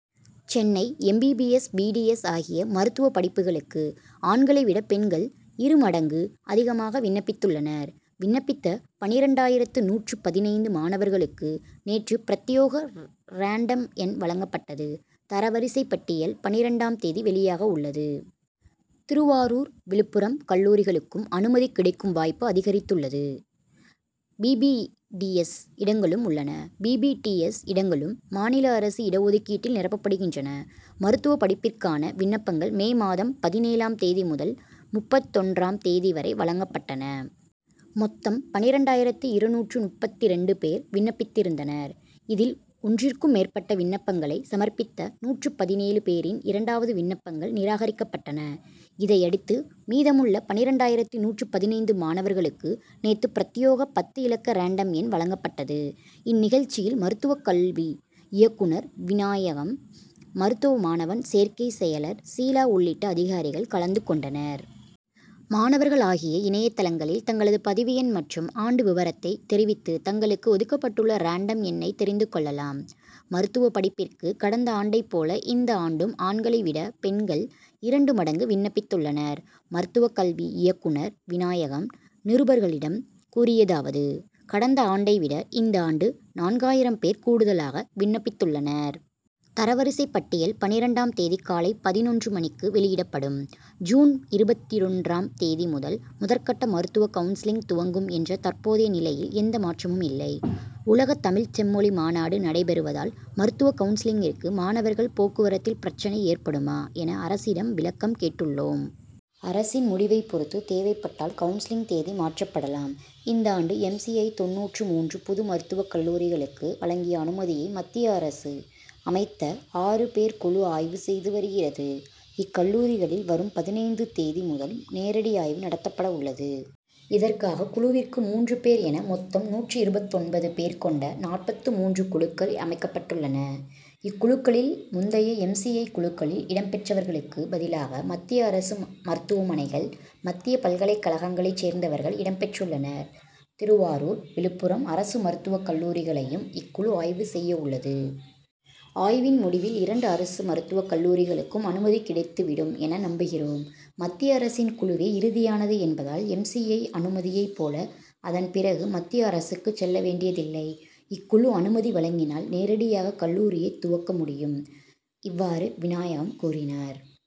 Chennai M. B. B. S. B. D. S. ஆகிய மருத்துவ படிப்புகளுக்கு ஆண்களை விட பெண்கள் இரு மடங்கு அதிகமாக விண்ணப்பித்துள்ளனர். விண்ணப்பித்த பதினெட்டாயிரத்து நூற்று பதினைந்து மாணவர்களுக்கு நேற்று பிரத்யேக ரேண்டம் எண் வழங்கப்பட்டது. தர வரிசைப்பட்டியல் பன்னிரண்டாம் தேதி வெளியாக உள்ளது. திருவாரூர் விழுப்புரம் கல்லூரிகளுக்கும் அனுமதி கிடைக்கும் வாய்ப்பு அதிகரித்துள்ளது. பி. பி. டி. எஸ். இடங்களும் உள்ளன. பி. பி. டி. எஸ். இடங்களும் மாநில அரசு ஒதுக்கீட்டில் நிரப்பப்படுகின்றன. மருத்துவப் படிப்பிற்கான விண்ணப்பங்கள் மே மாதம் பதினேழாம் தேதி முதல் முப்பத்தொன்றாம் தேதி வரை வழங்கப்பட்டன. மொத்தம் பதினெட்டாயிரத்து இருநூற்று முப்பத்திரண்டு பேர் விண்ணப்பித்திருந்தனர். இதில் ஒன்றிற்கும் மேற்பட்ட விண்ணப்பங்களை சமர்ப்பித்த நூற்று பதினேழு பேரின் இரண்டாவது விண்ணப்பங்கள் நிராகரிக்கப்பட்டன. இதையடுத்து மீதமுள்ள பதினெட்டாயிரத்து நூற்று பதினைந்து மாணவர்களுக்கு நேற்று பிரத்யேக பத்து இலக்க ரேண்டம் எண் வழங்கப்பட்டது. இந்நிகழ்ச்சியில் மருத்துவக் கல்வி இயக்குனர் விநாயகம் மருத்துவ மாணவர் சேர்க்கை செயலர் ஷீலா உள்ளிட்ட அதிகாரிகள் கலந்து கொண்டனர். மாணவர்கள் ஆகிய இணையதளங்களில் தங்களது பதிவு எண் மற்றும் ஆண்டு விவரத்தை தெரிவித்து தங்களுக்கு ஒதுக்கப்பட்டுள்ள ரேண்டம் எண்ணை தெரிந்து கொள்ளலாம். மருத்துவப் படிப்பிற்கு கடந்த ஆண்டைப் போல இந்த ஆண்டும் ஆண்களை விட பெண்கள் இரண்டு மடங்கு விண்ணப்பித்துள்ளனர். மருத்துவக் கல்வி இயக்குனர் விநாயகம் நிருபர்களிடம் கூறியதாவது கடந்த ஆண்டை விட இந்த ஆண்டு நான்காயிரம் பேர் கூடுதலாக விண்ணப்பித்துள்ளனர். தரவரிசைப் பட்டியல் பன்னிரண்டாம் தேதி காலை பதினொன்று மணிக்கு வெளியிடப்படும். ஜூன் இருபத்தொன்றாம் தேதி முதல் முதற்கட்ட மருத்துவக் கவுன்சிலிங் துவங்கும் என்ற தற்போதைய நிலையில் எந்த மாற்றமும் இல்லை. உலகத் தமிழ்ச் செம்மொழி மாநாடு நடைபெறுவதால் மருத்துவக் கவுன்சிலிங்கிற்கு மாணவர்கள் போக்குவரத்தில் பிரச்னை ஏற்படுமா என அரசிடம் விளக்கம் கேட்டுள்ளோம். அரசின் முடிவைப் பொறுத்து தேவைப்பட்டால் கவுன்சிலிங் தேதி மாற்றப்படலாம். இந்த ஆண்டு எம். சி. ஐ. தொண்ணூற்று மூன்று புது மருத்துவக் கல்லூரிகளுக்கு வழங்கிய அனுமதியை மத்திய அரசு அமைத்த ஆறு பேர் குழு ஆய்வு செய்து வருகிறது. இக்கல்லூரிகளில் வரும் பதினைந்து தேதி முதல் நேரடி ஆய்வு நடத்தப்படவுள்ளது. இதற்காக குழுவிற்கு மூன்று பேர் என மொத்தம் நூற்று இருபத்தொன்பது பேர் கொண்ட நாற்பத்து மூன்று குழுக்கள் அமைக்கப்பட்டுள்ளன. இக்குழுக்களில் முந்தைய எம். சி. ஐ. குழுக்களில் இடம் பெற்றவர்களுக்கு பதிலாக மத்திய அரசு மருத்துவமனைகள் மத்திய பல்கலைக் கழகங்களைச் சேர்ந்தவர்கள் இடம்பெற்றுள்ளனர். திருவாரூர் விழுப்புரம் அரசு மருத்துவக் கல்லூரிகளையும் இக்குழு ஆய்வு செய்யவுள்ளது. ஆய்வின் முடிவில் இரண்டு அரசு மருத்துவக் கல்லூரிகளுக்கும் அனுமதி கிடைத்து விடும் என நம்புகிறோம். மத்திய அரசின் குழுவே இறுதியானது என்பதால் எம். சி. ஐ. அனுமதியைப் போல அதன்பிறகு மத்திய அரசுக்கு செல்ல வேண்டியதில்லை. இக்குழு அனுமதி வழங்கினால் நேரடியாக கல்லூரியை துவக்க முடியும். இவ்வாறு விநாயகம் கூறினார்.